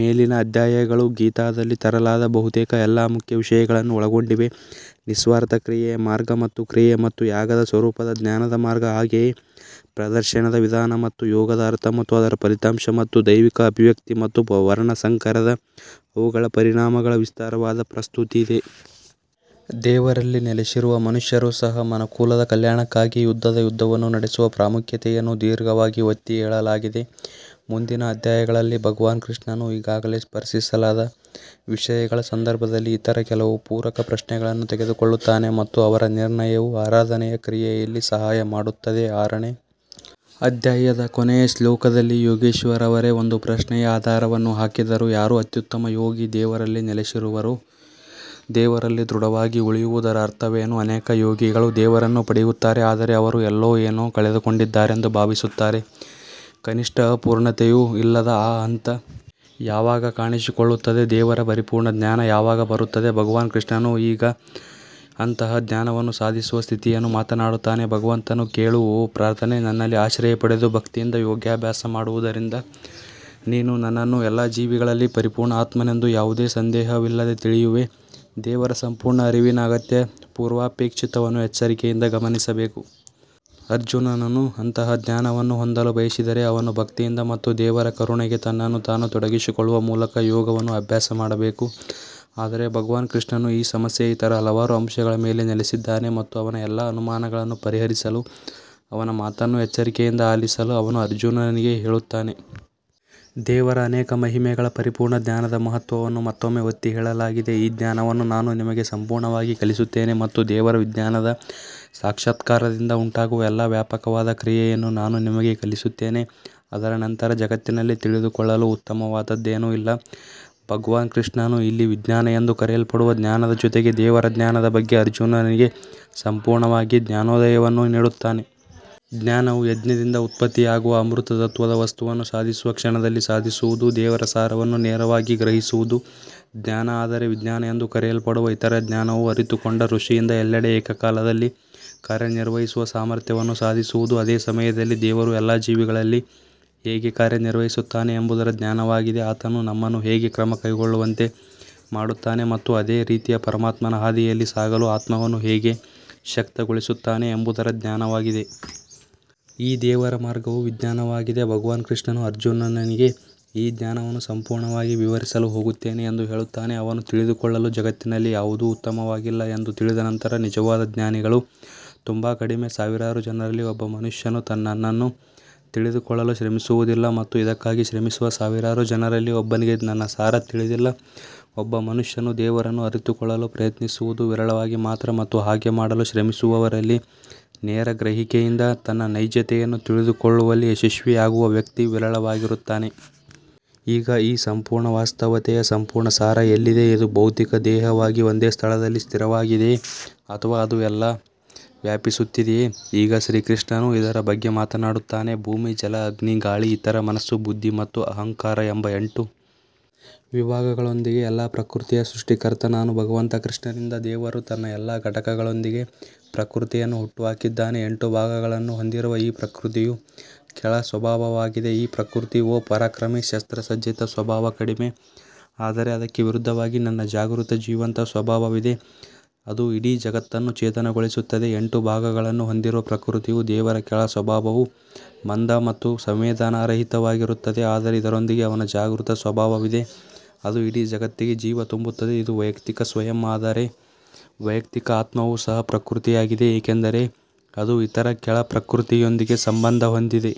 ಮೇಲಿನ ಅಧ್ಯಾಯಗಳು ಗೀತಾದಲ್ಲಿ ತರಲಾದ ಬಹುತೇಕ ಎಲ್ಲಾ ಮುಖ್ಯ ವಿಷಯಗಳನ್ನು ಒಳಗೊಂಡಿವೆ ನಿಸ್ವಾರ್ಥ ಕ್ರಿಯೆಯ ಮಾರ್ಗ ಮತ್ತು ಕ್ರಿಯೆ ಮತ್ತು ಯಾಗದ ಸ್ವರೂಪದ ಜ್ಞಾನದ ಮಾರ್ಗ ಹಾಗೆಯೇ ಪ್ರದರ್ಶನದ ವಿಧಾನ ಮತ್ತು ಯೋಗದ ಅರ್ಥ ಮತ್ತು ಅದರ ಫಲಿತಾಂಶ ಮತ್ತು ದೈವಿಕ ಅಭಿವ್ಯಕ್ತಿ ಮತ್ತು ವರ್ಣಸಂಕರದ ಅವುಗಳ ಪರಿಣಾಮಗಳ ವಿಸ್ತಾರವಾದ ಪ್ರಸ್ತುತಿ ಇದೆ. ದೇವರಲ್ಲಿ ನೆಲೆಸಿರುವ ಮನುಷ್ಯರೂ ಸಹ ಮನುಕುಲದ ಕಲ್ಯಾಣಕ್ಕಾಗಿ ಯುದ್ಧದ ಯುದ್ಧವನ್ನು ನಡೆಸುವ ಪ್ರಾಮುಖ್ಯತೆಯನ್ನು ದೀರ್ಘವಾಗಿ ಒತ್ತಿಹೇಳಲಾಗಿದೆ. ಮುಂದಿನ ಅಧ್ಯಾಯಗಳಲ್ಲಿ ಭಗವಾನ್ ಕೃಷ್ಣನು ಈಗಾಗಲೇ ಸ್ಪರ್ಶಿಸಲಾದ ವಿಷಯಗಳ ಸಂದರ್ಭದಲ್ಲಿ ಇತರ ಕೆಲವು ಪೂರಕ ಪ್ರಶ್ನೆಗಳನ್ನು ತೆಗೆದುಕೊಳ್ಳುತ್ತಾನೆ ಮತ್ತು ಅವರ ನಿರ್ಣಯವು ಆರಾಧನೆಯ ಕ್ರಿಯೆಯಲ್ಲಿ ಸಹಾಯ ಮಾಡುತ್ತದೆ ಆರನೇ ಅಧ್ಯಾಯದ ಕೊನೆಯ ಶ್ಲೋಕದಲ್ಲಿ ಯೋಗೇಶ್ವರ್ ಅವರೇ ಒಂದು ಪ್ರಶ್ನೆಯ ಆಧಾರವನ್ನು ಹಾಕಿದರು ಯಾರು ಅತ್ಯುತ್ತಮ ಯೋಗಿ ದೇವರಲ್ಲಿ ನೆಲೆಸಿರುವರೋ ದೇವರಲ್ಲಿ ದೃಢವಾಗಿ ಉಳಿಯುವುದರ ಅರ್ಥವೇನು ಅನೇಕ ಯೋಗಿಗಳು ದೇವರನ್ನು ಪಡೆಯುತ್ತಾರೆ ಆದರೆ ಅವರು ಎಲ್ಲೋ ಏನೋ ಕಳೆದುಕೊಂಡಿದ್ದಾರೆಂದು ಭಾವಿಸುತ್ತಾರೆ ಕನಿಷ್ಠ ಅಪೂರ್ಣತೆಯೂ ಇಲ್ಲದ ಆ ಹಂತ ಯಾವಾಗ ಕಾಣಿಸಿಕೊಳ್ಳುತ್ತದೆ ದೇವರ ಪರಿಪೂರ್ಣ ಜ್ಞಾನ ಯಾವಾಗ ಬರುತ್ತದೆ ಭಗವಾನ್ ಕೃಷ್ಣನು ಈಗ ಅಂತಹ ಜ್ಞಾನವನ್ನು ಸಾಧಿಸುವ ಸ್ಥಿತಿಯನ್ನು ಮಾತನಾಡುತ್ತಾನೆ ಭಗವಂತನು ಕೇಳು ಓ ಪಾರ್ಥನೇ ನನ್ನಲ್ಲಿ ಆಶ್ರಯ ಪಡೆದು ಭಕ್ತಿಯಿಂದ ಯೋಗಾಭ್ಯಾಸ ಮಾಡುವುದರಿಂದ ನೀನು ನನ್ನನ್ನು ಎಲ್ಲಾ ಜೀವಿಗಳಲ್ಲಿ ಪರಿಪೂರ್ಣ ಆತ್ಮನೆಂದು ಯಾವುದೇ ಸಂದೇಹವಿಲ್ಲದೆ ತಿಳಿಯುವೆ ದೇವರ ಸಂಪೂರ್ಣ ಅರಿವಿನ ಅಗತ್ಯ ಪೂರ್ವಾಪೇಕ್ಷಿತವನ್ನು ಎಚ್ಚರಿಕೆಯಿಂದ ಗಮನಿಸಬೇಕು. ಅರ್ಜುನನು ಅಂತಹ ಜ್ಞಾನವನ್ನು ಹೊಂದಲು ಬಯಸಿದರೆ ಅವನು ಭಕ್ತಿಯಿಂದ ಮತ್ತು ದೇವರ ಕರುಣೆಗೆ ತನ್ನನ್ನು ತಾನು ತೊಡಗಿಸಿಕೊಳ್ಳುವ ಮೂಲಕ ಯೋಗವನ್ನು ಅಭ್ಯಾಸ ಮಾಡಬೇಕು. ಆದರೆ ಭಗವಾನ್ ಕೃಷ್ಣನು ಈ ಸಮಸ್ಯೆಯ ಇತರ ಹಲವಾರು ಅಂಶಗಳ ಮೇಲೆ ನೆಲೆಸಲಿದ್ದಾನೆ ಮತ್ತು ಅವನ ಎಲ್ಲಾ ಅನುಮಾನಗಳನ್ನು ಪರಿಹರಿಸಲು ಅವನ ಮಾತನ್ನು ಎಚ್ಚರಿಕೆಯಿಂದ ಆಲಿಸಲು ಅವನು ಅರ್ಜುನನಿಗೆ ಹೇಳುತ್ತಾನೆ. ದೇವರ ಅನೇಕ ಮಹಿಮೆಗಳ ಪರಿಪೂರ್ಣ ಜ್ಞಾನದ ಮಹತ್ವವನ್ನು ಮತ್ತೊಮ್ಮೆ ಒತ್ತಿಹೇಳಲಾಗಿದೆ ಈ ಜ್ಞಾನವನ್ನು ನಾನು ನಿಮಗೆ ಸಂಪೂರ್ಣವಾಗಿ ಕಲಿಸುತ್ತೇನೆ ಮತ್ತು ದೇವರ ವಿಜ್ಞಾನದ ಸಾಕ್ಷಾತ್ಕಾರದಿಂದ ಉಂಟಾಗುವ ಎಲ್ಲಾ ವ್ಯಾಪಕವಾದ ಕ್ರಿಯೆಯನ್ನು ನಾನು ನಿಮಗೆ ಕಲಿಸುತ್ತೇನೆ ಅದರ ನಂತರ ಜಗತ್ತಿನಲ್ಲಿ ತಿಳಿದುಕೊಳ್ಳಲು ಉತ್ತಮವಾದದ್ದೇನೂ ಇಲ್ಲ. ಭಗವಾನ್ ಕೃಷ್ಣನು ಇಲ್ಲಿ ವಿಜ್ಞಾನ ಎಂದು ಕರೆಯಲ್ಪಡುವ ಜ್ಞಾನದ ಜೊತೆಗೆ ದೇವರ ಜ್ಞಾನದ ಬಗ್ಗೆ ಅರ್ಜುನನಿಗೆ ಸಂಪೂರ್ಣವಾಗಿ ಜ್ಞಾನೋದಯವನ್ನು ನೀಡುತ್ತಾನೆ. ಜ್ಞಾನವು ಯಜ್ಞದಿಂದ ಉತ್ಪತ್ತಿಯಾಗುವ ಅಮೃತ ತತ್ವದ ವಸ್ತುವನ್ನು ಸಾಧಿಸುವ ಕ್ಷಣದಲ್ಲಿ ಸಾಧಿಸುವುದು. ದೇವರ ಸಾರವನ್ನು ನೇರವಾಗಿ ಗ್ರಹಿಸುವುದು ಜ್ಞಾನ ಆದರೆ ವಿಜ್ಞಾನ ಎಂದು ಕರೆಯಲ್ಪಡುವ ಇತರ ಜ್ಞಾನವು ಅರಿತುಕೊಂಡ ಋಷಿಯಿಂದ ಎಲ್ಲೆಡೆ ಏಕಕಾಲದಲ್ಲಿ ಕಾರ್ಯನಿರ್ವಹಿಸುವ ಸಾಮರ್ಥ್ಯವನ್ನು ಸಾಧಿಸುವುದು. ಅದೇ ಸಮಯದಲ್ಲಿ ದೇವರು ಎಲ್ಲಾ ಜೀವಿಗಳಲ್ಲಿ ಹೇಗೆ ಕಾರ್ಯನಿರ್ವಹಿಸುತ್ತಾನೆ ಎಂಬುದರ ಜ್ಞಾನವಾಗಿದೆ ಆತನು ನಮ್ಮನ್ನು ಹೇಗೆ ಕ್ರಮ ಕೈಗೊಳ್ಳುವಂತೆ ಮಾಡುತ್ತಾನೆ ಮತ್ತು ಅದೇ ರೀತಿಯ ಪರಮಾತ್ಮನ ಹಾದಿಯಲ್ಲಿ ಸಾಗಲು ಆತ್ಮವನ್ನು ಹೇಗೆ ಶಕ್ತಗೊಳಿಸುತ್ತಾನೆ ಎಂಬುದರ ಜ್ಞಾನವಾಗಿದೆ. ಈ ದೇವರ ಮಾರ್ಗವು ವಿಜ್ಞಾನವಾಗಿದೆ ಭಗವಾನ್ ಕೃಷ್ಣನು ಅರ್ಜುನನಿಗೆ ಈ ಜ್ಞಾನವನ್ನು ಸಂಪೂರ್ಣವಾಗಿ ವಿವರಿಸಲು ಹೋಗುತ್ತೇನೆ ಎಂದು ಹೇಳುತ್ತಾನೆ ಅವನು ತಿಳಿದುಕೊಳ್ಳಲು ಜಗತ್ತಿನಲ್ಲಿ ಯಾವುದೂ ಉತ್ತಮವಾಗಿಲ್ಲ ಎಂದು ತಿಳಿದ ನಂತರ ನಿಜವಾದ ಜ್ಞಾನಿಗಳು ತುಂಬಾ ಕಡಿಮೆ ಸಾವಿರಾರು ಜನರಲ್ಲಿ ಒಬ್ಬ ಮನುಷ್ಯನು ನನ್ನನ್ನು ತಿಳಿದುಕೊಳ್ಳಲು ಶ್ರಮಿಸುವುದಿಲ್ಲ ಮತ್ತು ಇದಕ್ಕಾಗಿ ಶ್ರಮಿಸುವ ಸಾವಿರಾರು ಜನರಲ್ಲಿ ಒಬ್ಬನಿಗೆ ನನ್ನ ಸಾರ ತಿಳಿದಿಲ್ಲ ಒಬ್ಬ ಮನುಷ್ಯನು ದೇವರನ್ನು ಅರಿತುಕೊಳ್ಳಲು ಪ್ರಯತ್ನಿಸುವುದು ವಿರಳವಾಗಿ ಮಾತ್ರ ಮತ್ತು ಹಾಗೆ ಮಾಡಲು ಶ್ರಮಿಸುವವರಲ್ಲಿ ನೇರ ಗ್ರಹಿಕೆಯಿಂದ ತನ್ನ ನೈಜತೆಯನ್ನು ತಿಳಿದುಕೊಳ್ಳುವಲ್ಲಿ ಯಶಸ್ವಿಯಾಗುವ ವ್ಯಕ್ತಿ ವಿರಳವಾಗಿರುತ್ತಾನೆ. ಈಗ ಈ ಸಂಪೂರ್ಣ ವಾಸ್ತವತೆಯ ಸಂಪೂರ್ಣ ಸಾರ ಎಲ್ಲಿದೆ ಇದು ಭೌತಿಕ ದೇಹವಾಗಿ ಒಂದೇ ಸ್ಥಳದಲ್ಲಿ ಸ್ಥಿರವಾಗಿದೆಯೇ ಅಥವಾ ಅದು ಎಲ್ಲಾ ವ್ಯಾಪಿಸುತ್ತಿದೆಯೇ? ಈಗ ಶ್ರೀಕೃಷ್ಣನು ಇದರ ಬಗ್ಗೆ ಮಾತನಾಡುತ್ತಾನೆ ಭೂಮಿ ಜಲ ಅಗ್ನಿ ಗಾಳಿ ಈಥರ್ ಮನಸ್ಸು ಬುದ್ಧಿ ಮತ್ತು ಅಹಂಕಾರ ಎಂಬ ಎಂಟು ವಿಭಾಗಗಳೊಂದಿಗೆ ಎಲ್ಲಾ ಪ್ರಕೃತಿಯ ಸೃಷ್ಟಿಕರ್ತ ನಾನು ಭಗವಂತ ಕೃಷ್ಣನಿಂದ ದೇವರು ತನ್ನ ಎಲ್ಲಾ ಘಟಕಗಳೊಂದಿಗೆ ಪ್ರಕೃತಿಯನ್ನು ಹುಟ್ಟುಹಾಕಿದ್ದಾನೆ ಎಂಟು ಭಾಗಗಳನ್ನು ಹೊಂದಿರುವ ಈ ಪ್ರಕೃತಿಯು ಕೆಳ ಸ್ವಭಾವವಾಗಿದೆ ಈ ಪ್ರಕೃತಿ ಓ ಪರಾಕ್ರಮಿ ಶಸ್ತ್ರಸಜ್ಜಿತ ಸ್ವಭಾವ ಕಡಿಮೆ ಆದರೆ ಅದಕ್ಕೆ ವಿರುದ್ಧವಾಗಿ ನನ್ನ ಜಾಗೃತ ಜೀವಂತ ಸ್ವಭಾವವಿದೆ ಅದು ಇಡೀ ಜಗತ್ತನ್ನು ಚೇತನಗೊಳಿಸುತ್ತದೆ ಎಂಟು ಭಾಗಗಳನ್ನು ಹೊಂದಿರುವ ಪ್ರಕೃತಿಯು ದೇವರ ಕೆಳ ಸ್ವಭಾವವು ಮಂದ ಮತ್ತು ಸಂವೇದನಾರಹಿತವಾಗಿರುತ್ತದೆ ಆದರೆ ಇದರೊಂದಿಗೆ ಅವನ ಜಾಗೃತ ಸ್ವಭಾವವಿದೆ ಅದು ಇಡೀ ಜಗತ್ತಿಗೆ ಜೀವ ತುಂಬುತ್ತದೆ ಇದು ವೈಯಕ್ತಿಕ ಸ್ವಯಂ ಆದರೆ ವೈಯಕ್ತಿಕ ಆತ್ಮವು ಸಹ ಪ್ರಕೃತಿಯಾಗಿದೆ ಏಕೆಂದರೆ ಅದು ಇತರ ಕೆಳ ಪ್ರಕೃತಿಯೊಂದಿಗೆ ಸಂಬಂಧ ಹೊಂದಿದೆ.